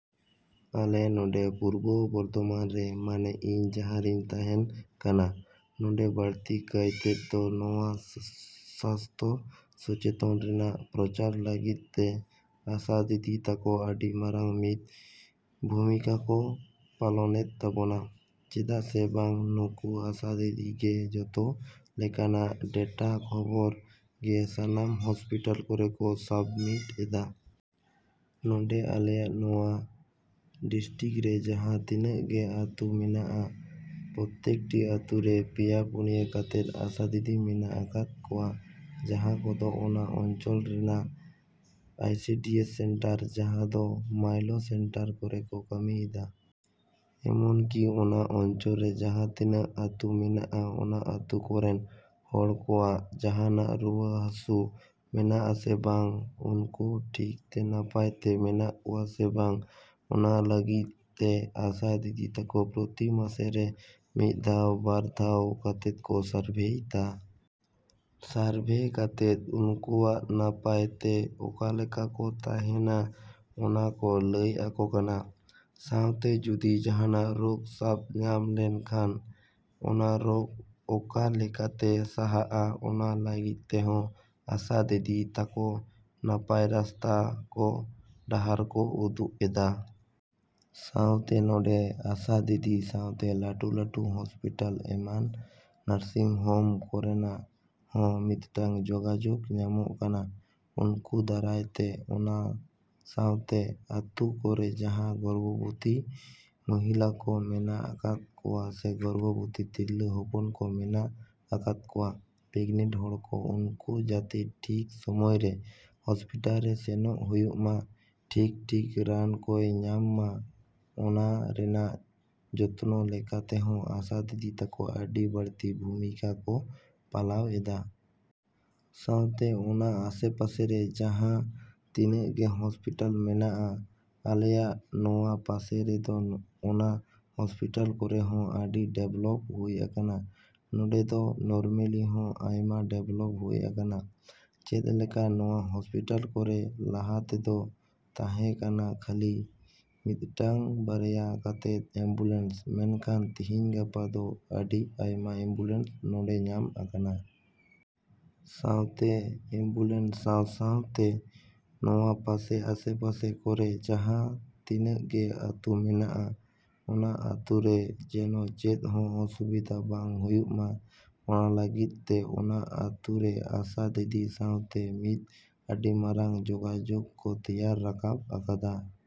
‎ᱟᱞᱮ ᱱᱚᱰᱮ ᱯᱩᱨᱵᱚ ᱵᱚᱨᱫᱷᱚᱢᱟᱱ ᱨᱮ ᱢᱟᱱᱮ ᱤᱧ ᱡᱟᱦᱟᱸ ᱨᱤᱧ ᱛᱟᱦᱮᱸᱱ ᱠᱟᱱᱟ, ᱱᱚᱰᱮ ᱵᱟᱲᱛᱤ ᱠᱟᱭᱛᱮᱫ ᱫᱚ ᱱᱚᱣᱟ ᱥᱟᱥᱛᱷᱚ ᱥᱚᱪᱮᱛᱚᱱ ᱨᱮᱱᱟᱜ ᱯᱨᱚᱪᱟᱨ ᱞᱟᱹᱜᱤᱫ ᱛᱮ ᱟᱥᱟ ᱫᱤᱫᱤ ᱛᱟᱠᱚ ᱟᱹᱰᱤ ᱢᱟᱨᱟᱝ ᱢᱤᱫ ᱵᱷᱩᱢᱤᱠᱟ ᱠᱚ ᱯᱟᱞᱚᱱᱮᱫ ᱛᱟᱵᱚᱱᱟ᱾ ᱪᱮᱫᱟᱜ ᱥᱮ ᱵᱟᱝ ᱱᱩᱠᱩ ᱟᱥᱟ ᱫᱤᱫᱤ ᱜᱮ ᱡᱚᱛᱚ ᱞᱮᱠᱟᱱᱟᱜ ᱰᱮᱴᱟ ᱠᱷᱚᱵᱚᱨ ᱜᱮ ᱥᱟᱱᱟᱢ ᱦᱚᱥᱯᱤᱴᱟᱞ ᱠᱚᱨᱮ ᱠᱚ ᱥᱟᱵᱢᱤᱴ ᱮᱫᱟ᱾ ᱱᱚᱰᱮ ᱟᱞᱮᱭᱟᱜ ᱱᱚᱣᱟ ᱰᱤᱥᱴᱤᱠ ᱨᱮ ᱡᱟᱦᱟᱸ ᱛᱤᱱᱟᱹᱜ ᱜᱮ ᱟᱹᱛᱩ ᱢᱮᱱᱟᱜᱼᱟ, ᱯᱚᱛᱮᱠ ᱴᱤ ᱟᱹᱛᱩ ᱨᱮ ᱯᱮᱭᱟ ᱯᱩᱱᱭᱟᱹ ᱠᱟᱛᱮᱫ ᱟᱥᱟ ᱫᱤᱫᱤ ᱢᱮᱱᱟᱜ ᱟᱠᱟᱫ ᱠᱚᱣᱟ, ᱡᱟᱦᱟᱭ ᱠᱚᱫᱚ ᱚᱱᱟ ᱚᱧᱪᱚᱞ ᱨᱮᱱᱟᱜ ᱟᱭᱥᱤᱰᱤᱭᱮᱥ ᱥᱮᱱᱴᱟᱨ ᱡᱟᱦᱟᱸ ᱫᱚ ᱢᱟᱭᱞᱚ ᱥᱮᱱᱴᱟᱨ ᱠᱚᱨᱮ ᱠᱚ ᱠᱟᱹᱢᱤᱭᱮᱫᱟ᱾ ᱮᱢᱚᱱ ᱠᱤ ᱚᱱᱟ ᱚᱧᱪᱚᱞ ᱨᱮ ᱡᱟᱦᱟᱸ ᱛᱤᱱᱟᱹᱜ ᱟᱹᱛᱩ ᱢᱮᱱᱟᱜᱼᱟ, ᱚᱱᱟ ᱟᱹᱛᱩ ᱠᱚᱨᱮᱱ ᱦᱚᱲ ᱠᱚᱣᱟᱜ ᱡᱟᱦᱟᱱᱟᱜ ᱨᱩᱣᱟᱹ ᱦᱟᱥᱩ ᱢᱮᱱᱟᱜᱼᱟ ᱥᱮ ᱵᱟᱝ ᱩᱱᱠᱩ ᱴᱷᱤᱠ ᱛᱮ ᱱᱟᱯᱟᱭ ᱛᱮ ᱢᱮᱱᱟᱜ ᱠᱚᱣᱟ ᱥᱮ ᱵᱟᱝ, ᱚᱱᱟ ᱞᱟᱹᱜᱤᱫ ᱛᱮ ᱟᱥᱟ ᱫᱤᱫᱤ ᱛᱟᱠᱚ ᱯᱨᱚᱛᱤ ᱢᱟᱥᱮ ᱨᱮ ᱢᱤᱫ ᱫᱷᱟᱣ ᱵᱟᱨ ᱫᱷᱟᱣ ᱠᱟᱛᱮᱫ ᱠᱚ ᱥᱟᱨᱵᱷᱮᱭ ᱫᱟ᱾ ᱥᱟᱨᱵᱷᱮ ᱠᱟᱛᱮᱫ ᱩᱱᱠᱩᱣᱟᱜ ᱱᱟᱯᱟᱭ ᱛᱮ ᱚᱠᱟᱞᱮᱠᱟ ᱠᱚ ᱛᱟᱦᱮᱸᱱᱟ ᱚᱱᱟ ᱠᱚ ᱞᱟᱹᱭ ᱟᱠᱚ ᱠᱟᱱᱟ᱾ ᱥᱟᱶᱛᱮ ᱡᱩᱫᱤ ᱡᱟᱦᱟᱭᱟᱜ ᱨᱳᱠ ᱥᱟᱵᱽ ᱧᱟᱢ ᱞᱮᱱᱠᱷᱟᱱ, ᱚᱱᱟ ᱨᱳᱠ ᱚᱠᱟ ᱞᱮᱠᱟᱛᱮ ᱥᱟᱦᱟᱜᱼᱟ ᱚᱱᱟ ᱞᱟᱹᱜᱤᱫ ᱛᱮᱦᱚᱸ ᱟᱥᱟ ᱫᱤᱫᱤ ᱛᱟᱠᱚ ᱱᱟᱯᱟᱭ ᱨᱟᱥᱛᱟ ᱠᱚ ᱰᱟᱦᱟᱨ ᱠᱚ ᱩᱫᱩᱜ ᱮᱫᱟ᱾ ᱥᱟᱶᱛᱮ ᱱᱚᱰᱮ ᱟᱥᱟ ᱫᱤᱫᱤ ᱥᱟᱶᱛᱮ ᱞᱟᱹᱴᱩ ᱞᱟᱹᱴᱩ ᱦᱚᱥᱯᱤᱴᱟᱞ ᱮᱢᱟᱱ ᱱᱟᱨᱥᱤᱝ ᱦᱚᱢ ᱠᱚᱨᱮᱱᱟᱜ ᱦᱚᱸ ᱢᱤᱫᱴᱟᱝ ᱡᱚᱜᱟᱡᱚᱜ ᱧᱟᱢᱚᱜ ᱠᱟᱱᱟ ᱩᱱᱠᱩ ᱫᱟᱨᱟᱭ ᱛᱮ᱾ ᱚᱱᱟ ᱥᱟᱶᱛᱮ ᱟᱹᱛᱩ ᱠᱚᱨᱮ ᱡᱟᱦᱟᱭ ᱜᱚᱨᱵᱚᱵᱚᱛᱤ ᱢᱚᱦᱤᱞᱟ ᱠᱚ ᱢᱮᱱᱟᱜ ᱟᱠᱟᱫ ᱠᱚᱣᱟ ᱥᱮ ᱜᱚᱨᱵᱷᱚᱵᱚᱛᱤ ᱛᱤᱨᱞᱟᱹ ᱦᱚᱯᱚᱱ ᱠᱚ ᱢᱮᱱᱟᱜ ᱟᱠᱟᱫ ᱠᱚᱣᱟ, ᱯᱮᱜᱱᱮᱴ ᱦᱚᱲ ᱠᱚ, ᱩᱱᱠᱩ ᱡᱟᱛᱮ ᱴᱷᱤᱠ ᱥᱚᱢᱚᱭ ᱨᱮ ᱦᱚᱥᱯᱤᱴᱟᱞ ᱨᱮ ᱥᱮᱱᱚᱜ ᱦᱩᱭᱩᱜ ᱢᱟ, ᱴᱷᱤᱠᱼᱴᱷᱤᱠ ᱨᱟᱱ ᱠᱚᱭ ᱧᱟᱢ ᱢᱟ, ᱚᱱᱟ ᱨᱮᱱᱟᱜ ᱡᱚᱛᱚᱱᱚ ᱞᱮᱠᱟ ᱛᱮᱦᱚᱸ ᱟᱥᱟ ᱫᱤᱫᱤ ᱛᱟᱠᱚ ᱟᱹᱰᱤ ᱵᱟᱲᱛᱤ ᱵᱷᱩᱢᱤᱠᱟ ᱠᱚ ᱯᱟᱞᱟᱣ ᱮᱫᱟ᱾ ᱥᱟᱶᱛᱮ ᱚᱱᱟ ᱟᱥᱮ ᱯᱟᱥᱮ ᱨᱮ ᱡᱟᱦᱟᱸ ᱛᱤᱱᱟᱹᱜ ᱜᱮ ᱦᱚᱥᱯᱤᱴᱟᱞ ᱢᱮᱱᱟᱜᱼᱟ ᱟᱞᱮᱭᱟᱜ ᱱᱚᱣᱟ ᱯᱟᱥᱮ ᱨᱮ ᱫᱚ ᱚᱱᱟ ᱦᱚᱥᱯᱤᱴᱟᱞ ᱠᱚᱨᱮ ᱦᱚᱸ ᱟᱹᱰᱤ ᱰᱮᱵᱞᱚᱯ ᱦᱩᱭ ᱟᱠᱟᱱᱟ᱾ ᱱᱚᱰᱮ ᱫᱚ ᱱᱚᱨᱢᱮᱞᱤ ᱦᱚᱸ ᱟᱭᱢᱟ ᱰᱮᱵᱞᱚᱯ ᱦᱩᱭ ᱟᱠᱟᱱᱟ᱾ ᱪᱮᱫ ᱞᱮᱠᱟ ᱱᱚᱣᱟ ᱦᱚᱥᱯᱤᱴᱟᱞ ᱠᱚᱨᱮ ᱞᱟᱦᱟ ᱛᱮᱫᱚ ᱛᱟᱦᱮᱸ ᱠᱟᱱᱟ ᱠᱷᱟᱹᱞᱤ ᱢᱤᱫᱴᱟᱝ ᱵᱟᱨᱭᱟ ᱠᱟᱛᱮᱫ ᱮᱢᱵᱩᱞᱮᱱᱥ, ᱢᱮᱱᱠᱷᱟᱱ ᱛᱤᱦᱤᱧ ᱜᱟᱯᱟ ᱫᱚ ᱟᱹᱰᱤ ᱟᱭᱢᱟ ᱮᱢᱵᱩᱞᱮᱱᱥ ᱱᱚᱰᱮ ᱧᱟᱢ ᱟᱠᱟᱱᱟ᱾ ᱥᱟᱶᱛᱮ ᱮᱢᱵᱩᱞᱮᱱᱥ ᱥᱟᱶᱼᱥᱟᱶᱛᱮ ᱱᱚᱣᱟ ᱯᱟᱥᱮ ᱟᱥᱮᱯᱟᱥᱮ ᱠᱚᱨᱮ ᱡᱟᱦᱟᱸ ᱛᱤᱱᱟᱹᱜ ᱜᱮ ᱟᱹᱛᱩ ᱢᱮᱱᱟᱜᱼᱟ, ᱚᱱᱟ ᱟᱹᱛᱩ ᱨᱮ ᱡᱮᱱᱚ ᱪᱮᱫ ᱦᱚᱸ ᱚᱥᱩᱵᱤᱫᱟ ᱵᱟᱝ ᱦᱩᱭᱩᱜ ᱢᱟ, ᱚᱱᱟ ᱞᱟᱹᱜᱤᱫ ᱛᱮ ᱚᱱᱟ ᱟᱹᱛᱩ ᱨᱮ ᱟᱥᱟ ᱫᱤᱫᱤ ᱥᱟᱶᱛᱮ ᱢᱤᱫ ᱟᱹᱰᱤ ᱢᱟᱨᱟᱝ ᱡᱚᱜᱟᱡᱚᱜ ᱠᱚ ᱛᱮᱭᱟᱨ ᱨᱟᱠᱟᱵ ᱟᱠᱟᱫᱟ᱾